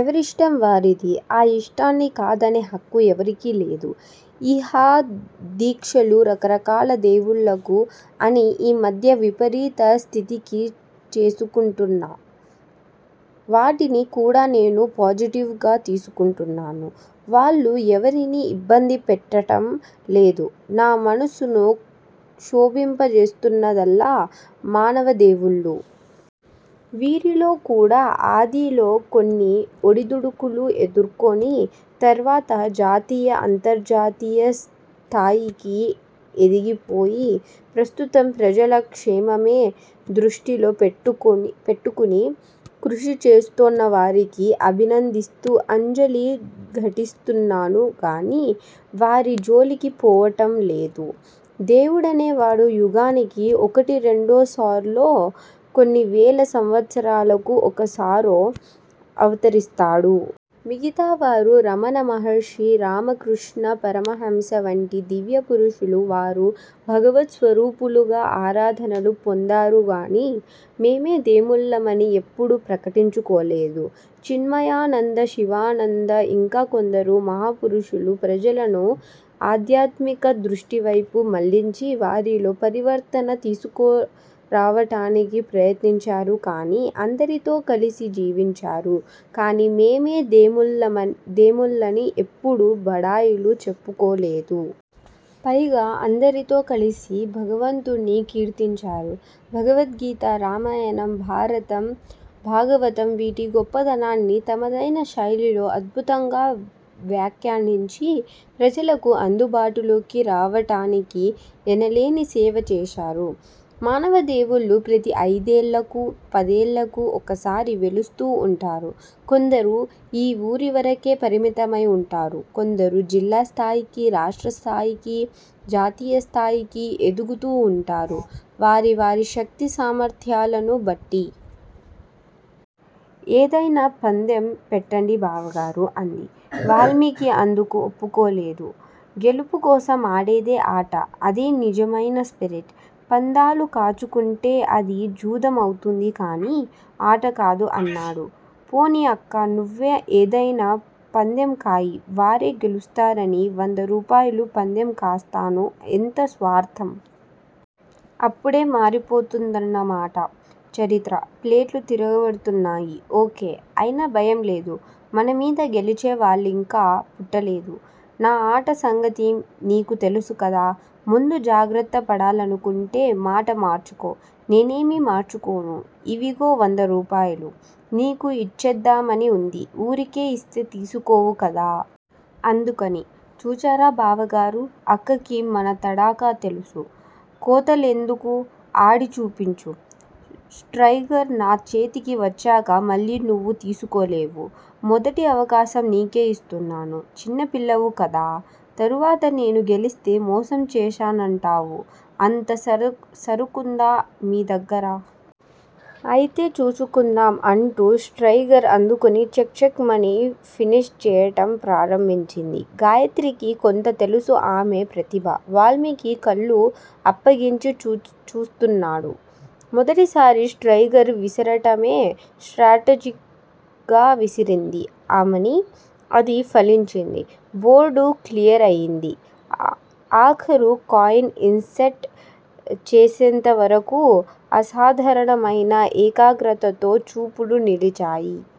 ఎవరిష్టం వారిది. ఆ ఇష్టాన్ని కాదనే హక్కు ఎవరికీ లేదు! ఇహ దీక్షలు రకరకాల దేవుళ్ళకు. అని ఈ మధ్య విపరీత స్థితికి చేసుకుంటున్నా వాటిని కూడా నేను పాజిటివ్ గా తీసుకుంటున్నాను. వాళ్ళు ఎవరినీ ఇబ్బంది పెట్టటం లేదు. నా మనసును క్షోభింపచేస్తున్నదల్లా మానవదేవుళ్ళు! వీరిలోకూడా ఆదిలో కొన్ని ఒడిదుడుకులు ఎదుర్కొని, తర్వాత జాతీయ, అంతర్జాతీయ స్థాయికి ఎదిగిపోయి, ప్రస్తుతం ప్రజల క్షేమమే దృష్టిలో పెట్టుకుని కృషి చేస్తోన్నవారిని అభినందిస్తూ అంజలి ఘటిస్తున్నాను గాని, వారి జోలికి పోవటం లేదు! దేవుడనేవాడు యుగానికి ఒకటి రెండుసార్లో, కొన్నివేల సంవత్సరాలకు ఒకసారో అవతరిస్తాడు. మిగతావరు రమణమహర్షి, రామకృష్ణ పరమహంస వంటి దివ్యపురుషులు వారు భగవత్ స్వరూపులుగా ఆరాధనలు పొందారుగాని, మేమే దేముళ్ళమని ఎప్పుడూ ప్రకటించుకోలేదు. చిన్మయానంద, శివానంద ఇంకా కొందరు మహాపురుషులు ప్రజలను ఆధ్యాత్మిక దృష్టివైపు మళ్ళించి, వారిలో పరివర్తన తీసుకురావటానికి ప్రయత్నించారు కానీ, అందరితో కలిసి జీవించారు. కానీ, మేమే దేముళ్ళని ఎప్పుడూ బడాయిలు చెప్పుకోలేదు. పైగా అందరితో కలిసి భగవంతుడ్ని కీర్తించారు. భగవద్గీత, రామాయణం, భారతం, భాగవతం-వీటి గొప్పదనాన్ని తమదైన శైలిలో అద్భుతంగా వ్యాఖ్యానించి, ప్రజలకు అందుబాటులోకి రావటానికి ఎనలేని సేవ చేశారు. మానవదేవుళ్ళు ప్రతి అయిదేళ్ళకూ, పదేళ్ళకూ ఒకసారి వెలుస్తూ వుంటారు. కొందరు ఈ ఊరివరకే పరిమితమై వుంటారు. కొందరు జిల్లాస్థాయికీ, రాష్ట్రస్థాయికీ, జాతీయస్థాయికీ ఎదుగుతూ వుంటారు వారి వారి శక్తి సామర్ద్యాలను బట్టి. ఏదయినా పందెం పెట్టండి బావగారూ! అంది. వాల్మీకి అందుకు ఒప్పుకోలేదు. గెలుపుకోసం ఆడేదే ఆట! అదే నిజమయిన స్పిరిట్! పందాలు కాచుకుంటే అది జూదం అవుతుంది కాని ఆటకాదు అన్నాడు, పోనీ అక్కా! నువ్వే ఏదయినా పందెం కాయి వారే గెలుస్తారని వంద రూపాయలు పందెం కాస్తాను ఎంత స్వార్ధం? అప్పుడే మారిపోతుందన్నమాట చరిత్ర! ప్లేట్లు తిరగబడుతున్నాయి! ఓకే! అయినా భయంలేదు. మనమీద గెలిచే వాళ్ళింకా పుట్టలేదు. నా ఆట సంగతి నీకు తెలుసుకదా! ముందు జాగ్రత్త పడాలనుకుంటే మాట మార్చుకో! నేనేమీ మార్చుకోను. ఇవిగో వంద రూపాయలు. నీకు యిచ్చేద్దామని ఉంది. ఊరికే యిస్తే తీసుకోవు కదా!? అందుకని. చూచారా బావగారూ! అక్కకి మన తడాఖా తెలుసు! కోతలెందుకు ఆడి చూపించు, స్త్రయిగర్ నా చేతికి వచ్చాక మళ్ళీ నువ్వు తీసుకోలేవు. మొదటి అవకాశం నీకే యిస్తున్నాను. చిన్న పిల్లవు కదా! తరువాత నేను గెలిస్తే మోసం చేశానంటావు అంత సరుకుందా మీ దగ్గర! ఐతే చూచుకుందాం అంటూ స్త్రయిగర్ అందుకుని చెక్ చెక్ మని ఫినిష్ చేయటం ప్రారంభించింది. గాయత్రికి కొంత తెలుసు ఆమె ప్రతిభ! వాల్మీకి కళ్ళు అప్పగించి చూస్తున్నాడు. మొదటిసారి స్త్రయిగర్ విసరటమే స్ట్రాటజిక్ గా విసిరింది ఆమని! అది ఫలించింది. బోర్డు క్లియర్ అయింది. ఆఖరు కాయిన్ ఇన్ సెట్ చేసేంతవరకూ అసాధారణమయిన ఏకాగ్రతతో చూపులు నిలిచాయి.